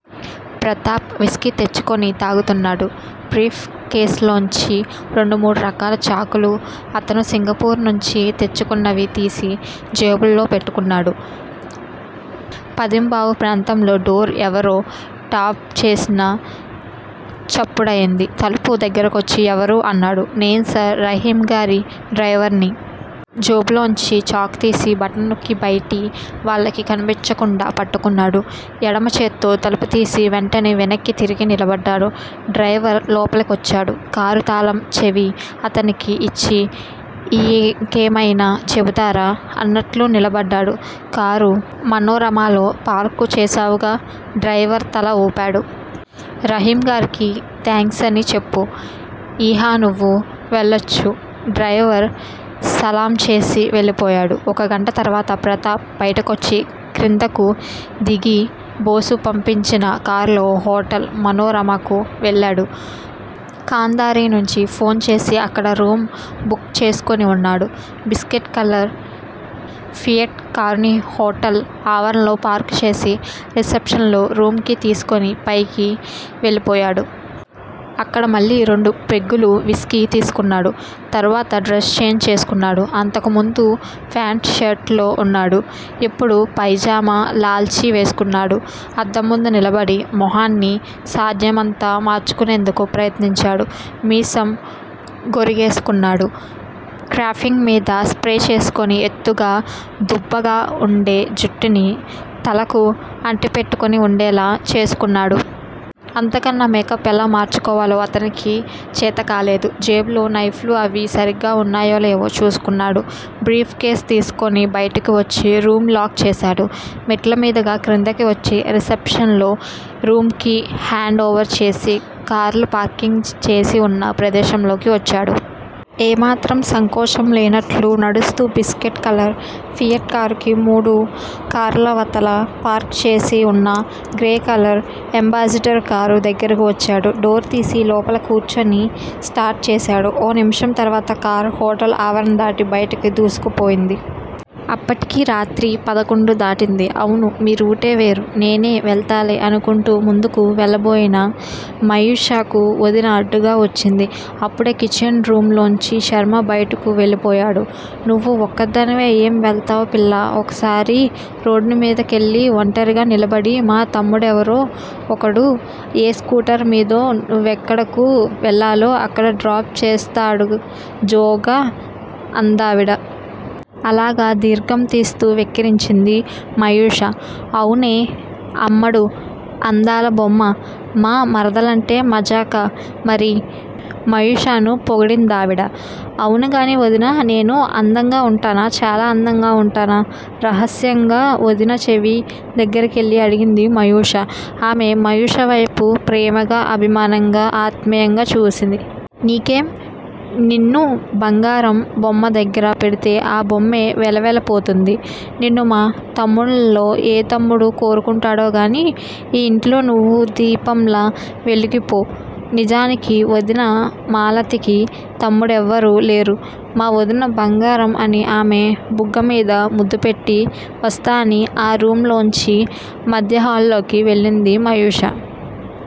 Pratap whisky తెప్పించుకుని తాగుతున్నాడు. Brief కేసులోంచి రెండు మూడు రకాల చాకులు, అతను సింగపూర్ నుంచి తెచ్చుకున్నవి తీసి జేబుల్లో పెట్టుకున్నాడు. పదింబావు ప్రాంతంలో డోర్ ఎవరో టాఫ్ చేసిన చప్పుడయింది. తలుపు దగ్గరకొచ్చి ఎవరు? అన్నాడు. నేను సార్! రహీమ్ గారి డ్రైవర్ని! జేబులోంచి చాకు తీసి, బటన్ నొక్కి బయటి వాళ్ళకి కనిపించకుండా పట్టుకున్నాడు. ఎడమచేత్తో తలుపు తీసి వెంటనే వెనక్కి తిరిగి నిలబడ్డాడు. డ్రైవరు లోపలికొచ్చాడు. కారు తాళం చెవి అతనికి యిచ్చి యింకేమైనా చెబుతారా? అన్నట్లు నిలబడ్డాడు. కారు మనోరమలో పార్కు చేశావుగా! డ్రైవరు తల ఊపాడు. రహీంగారికి థాంక్సని చెప్పు. ఇహ నువ్వు వెళ్ళొచ్చు! డ్రైవరు సలాంచేసి వెళ్ళిపోయాడు. ఓ గంట తర్వాత ప్రతాప్ బయటికొచ్చి క్రిందకు దిగి బోసు పంపించిన కార్లో హోటల్ మనోరమకు వెళ్ళాడు. ఖాంధారీ నుంచి ఫోన్ చేసి అక్కడ రూమ్ బుక్ చేసుకుని వున్నాడు. బిస్కెట్ కలర్ ఫియట్ కారుని హోటల్ ఆవరణలో పార్క్ చేసి, రిసెప్షన్ లో రూం కీ తీసుకుని పైకి వెళ్ళిపోయాడు. అక్కడ మళ్ళీ రెండు పెగ్గులు విస్కీ తీసుకున్నాడు. తర్వాత డ్రెస్ చేంజ్ చేసుకున్నాడు. అంతకు ముందు ప్యాంట్, షర్ట్ తో వున్నాడు. ఇప్పుడు పైజమా, లాల్చీ వేసుకున్నాడు. అద్దంముందు నిలబడి మొహాన్నీ సాధ్యమైనంత మార్చుకునేందుకు ప్రయత్నించాడు. మీసం గొరిగేసుకున్నాడు. క్రాఫింగ్ మీద స్ప్రే చేసుకుని ఎత్తుగా, దుబ్బుగా వుండే జుట్టుని తలకు అంటిపెట్టుకుని వుండేలా చేసుకున్నాడు. అంత కన్నా మేకప్ ఎలా మార్చుకోవాలో అతనికి చేతకాలేదు. జేబులో నైఫ్ లూ అవీ సరిగ్గా వున్నాయో లేవో చూసుకున్నాడు. బ్రీఫ్ కేస్ తీసుకుని బయటకి వచ్చి రూం లాక్ చేశాడు. మెట్లమీదుగా క్రిందకి వచ్చి రిసెప్షన్ లో రూం కీ హాండ్ వోవర్ చేసి కార్లు పార్క్ చేసి వున్న ప్రదేశంలోకి వచ్చాడు. ఏ మాత్రం సంకోచం లేనట్లు నడుస్తూ బిస్కెట్ కలర్ ఫియట్ కారుకి మూడు కార్లవతల పార్కుచేసి వున్న గ్రే కలర్ ఎంబాసిడర్ కారు దగ్గరకు వచ్చాడు. డోర్ తీసి లోపల కూర్చుని స్టార్ట్ చేశాడు. ఓ నిమిషం తర్వాత కారు హోటల్ ఆవరణ దాటి బయటకి దూసుకుపోయింది. అప్పటికి రాత్రి పదకొండు దాటింది. అవును మీరూటే వేరు నేనే వెళతాలే అనుకుంటూ ముందుకు వెళ్ళబోయిన మయూషకు వదిన అడ్డుగా వచ్చింది. అప్పుడే కిచెన్ రూమ్ లోంచి శర్మ బయటకు వెళ్ళిపోయాడు. నువ్వు ఒక్కదానివే ఏం వెళతావ్ పిల్లా ఒక్కసారి రోడ్డుమీద కెళ్ళి వంటరిగా నిలబడు మా తమ్ముడెవరో ఒకడు ఏ స్కూటర్ మీదో నువ్వెక్కడకు వెళ్ళాలో అక్కడ డ్రాప్ చేసేస్తాడు జోగ్గా అందావిడ. అ లా గా దీర్ఘం తీస్తూ వెక్కిరించింది మయూష. అవునే అమ్మడూ అందాల బొమ్మ, మా మరదలంటే మజాకా మరి మయూషను పొగిడిందావిడ. అవునుగానీ వదిన నేను అందంగా ఉంటానా? చాలా అందంగా ఉంటానా? రహస్యంగా వదిన చెవి దగ్గరకెళ్ళి అడిగింది మయూష. ఆమె మయూషవేపు ప్రేమగా, అభిమానంగా, ఆత్మీయంగా చూసి. నీకేం? నిన్ను బంగారం బొమ్మదగ్గర పెడితే ఆ బొమ్మే వెలవెల పోతుంది నిన్ను మా తమ్ముళ్ళలో ఏ తమ్ముడు కట్టుకుంటాడో గానీ ఆ యింట్లో నువ్వు దీపంలా వెలిగిపోవూ నిజానికి వదిన మాలతికి తమ్ముళ్ళెవరూ లేరు. మా వదిన బంగారం అని ఆమె బుగ్గమీద ముద్దుపెట్టి వస్తా అని ఆ రూమ్ లోంచి మధ్యహాల్లోకి వెళ్ళింది మయూష.